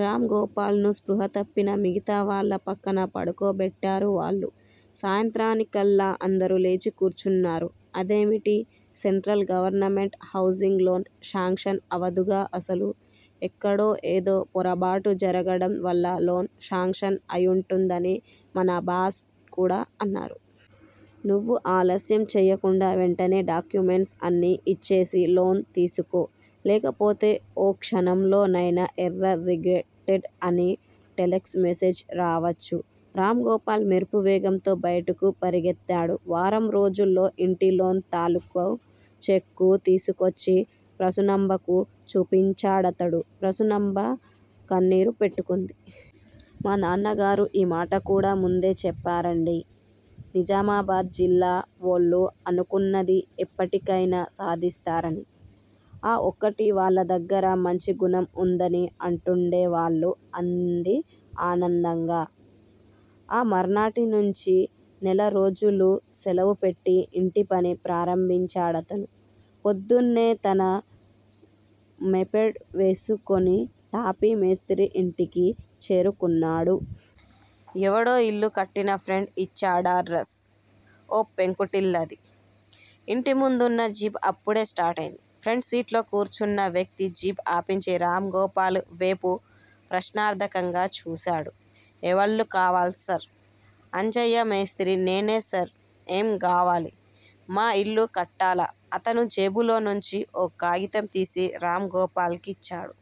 రామ్ గోపాల్ ను స్పృహ తప్పిన మిగతావాళ్ళ పక్కన పడుకోబెట్టారు వాళ్ళు. సాయంత్రానికల్లా అందరూ లేచి కూర్చున్నారు. అదేమిటి? Central government housing loan sanction అవదుగా అసలు? ఎక్కడో ఏదో పొరబాటు జరగడం వల్ల లోన్ శాంక్షన్ అయుంటుందని మన బాస్ కూడా అన్నారు. నువ్వు ఆలస్యం చెయ్యకుండా వెంటనే డాక్యుమెంట్స్ అన్నీ ఇచ్చేసి లోన్ తీసుకో. లేకపోతే ఓ క్షణంలోనైనా ఎర్రర్ రిగ్రెటెడ్ అని టెలెక్స్ మెసేజ్ రావచ్చు- రామ్ గోపాల్ మెరుపువేగంతో బయటకు పరుగెత్తాడు. వారంరోజుల్లో ఇంటి లోన్ తాలూకూ చెక్కు తీసుకొచ్చి ప్రసూనాంబకు చూపించాడతను. ప్రసూనాంబ కన్నీరు పెట్టుకుంది. మా నాన్నగారు ఈ మాట కూడా ముందే చెప్పారండీ! నిజామాబాద్ జిల్లా వోళ్ళు అనుకున్నది ఎప్పటికైనా సాధిస్తారని, ఆ ఒక్కటీ వాళ్ళ దగ్గర మంచి గుణం ఉందని అంటూండేవాళ్ళు అంది ఆనందంగా. ఆ మర్నాటినుంచీ నెల రోజులు సెలవుపెట్టి ఇంటి పని ప్రారంభించాడతను. పొద్దున్నే తన మోపెడ్ వేసుకుని తాపీ మేస్త్రీ ఇంటికి చేరుకున్నాడు. ఎవడో ఇల్లు కట్టిన ఫ్రెండ్ ఇచ్చాడా అడ్రస్. ఓ పెంకుటిల్లది. ఇంటి ముందున్న జీప్ అప్పుడే స్టార్టయింది. ఫ్రంట్ సీట్లో కూర్చున్న వ్యక్తి జీప్ ఆపించి, రామ్ గోపాల్ వేపు ప్రశ్నార్థకంగా చూశాడు. ఎవళ్ళు కావాల్సార్? అంజయ్య మేస్త్రి నేనే సార్! ఏం గావాలి? మా ఇల్లు కట్టాల అతను జేబులోనుంచి ఓ కాగితం తీసి రామ్ గోపాల్ కిచ్చాడు.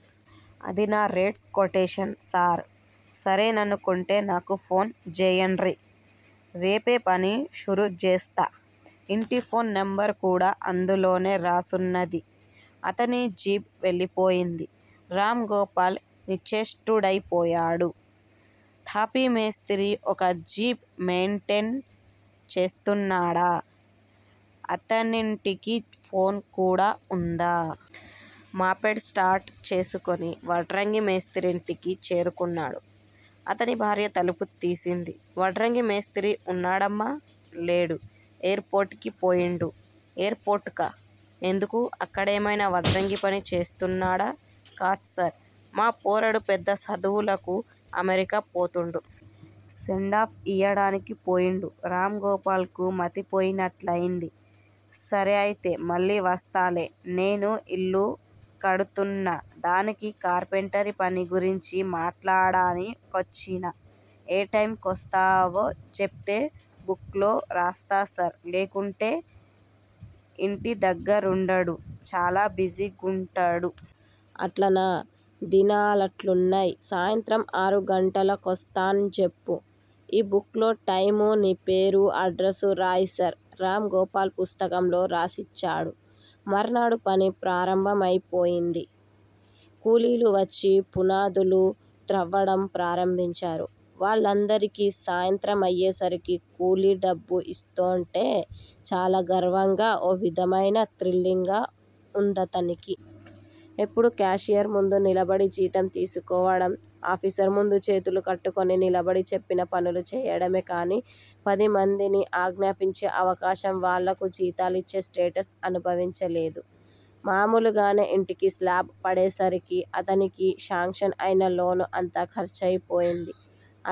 అది నా రేట్స్ కొటేషన్ సార్! సరేననుకుంటే నాకు ఫోన్ జేయండ్రి! రేపే పని షురుజేస్త. ఇంటి ఫోన్ నెంబర్ కూడా అందులోనే రాసున్నది అతని జీప్ వెళ్ళిపోయింది. రామ్ గోపాల్ నిశ్చేష్టుడైపోయాడు. తాపీ మేస్త్రీ ఒక జీప్ మెయింటెయిన్ చేస్తున్నాడా? అతనింటికి ఫోన్ కూడా ఉందా? మోపెడ్ స్టార్ట్ చేసుకుని వడ్రంగి మేస్త్రీ ఇంటికి చేరుకున్నాడు. అతని భార్య తలుపు తీసింది. వడ్రంగి మేస్త్రీ ఉన్నాడామ్మా? లేడు. ఎయిర్ పోర్ట్ కి పోయిండు ఎయిర్ పోర్టుకా? ఎందుకు? అక్కడేమయినా వడ్రంగి పని చేస్తున్నాడా? కాద్సార్! మా పోరడు పెద్ద సదువులకు అమెరికా పోతుండు. సెండాఫ్ ఇయ్యడానికి పోయిండు. రామ్ గోపాల్ కు మతి పోయినట్లయింది. సరే! అయితే మళ్ళీ వస్తాలే. నేను ఇల్లు కడుతున్నా! దానికి కార్పెంటరీ పని గురించి మాట్లాడాని కొచ్చినా ఏ టైమ్ కొస్తవో చేప్తే బుక్ లో రాస్తా సార్! లేకుంటే ఇంటి దగ్గరుండడు. చాలా బిజీగుంటడు. అట్లనా! దినాలట్లున్నయ్, సాయంత్రం ఆరు గంటల కొస్తానన్జెప్పు ఈ బుక్ లో టైమూ, నీ పేరూ అడ్రసూ రాయ్ సార్ రామ్ గోపాల్ పుస్తకంలో రాసిచ్చాడు. మర్నాడు పని ప్రారంభమైపోయింది. కూలీలు వచ్చి పునాదులు త్రవ్వడం ప్రారంభించారు. వాళ్ళందరికీ సాయంత్రమయ్యేసరికి కూలీ డబ్బు ఇస్తోంటే చాలా గర్వంగా, ఓ విధమైన థ్రిల్లింగ్ గా ఉందతనికి. ఎప్పుడూ కాషియర్ ముందు నిలబడి జీతం తీసుకోవడం, ఆఫీసర్ ముందు చేతులు కట్టుకుని నిలబడి చెప్పిన పనులు చేయడమేగానీ, పదిమందిని ఆజ్ఞాపించే అవకాశం, వాళ్ళకు జీతాలిచ్చే స్టేటస్ అనుభవించలేదు. మామూలుగానే ఇంటికి స్లాబ్ పడేసరికి అతనికి శాంక్షన్ అయిన లోన్ అంతా ఖర్చయిపోయింది.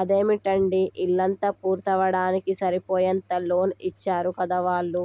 అదేమిటండీ! ఇల్లంతా పూర్తవడానికి సరిపోయేంత లోన్ ఇచ్చారు కదా వాళ్ళు?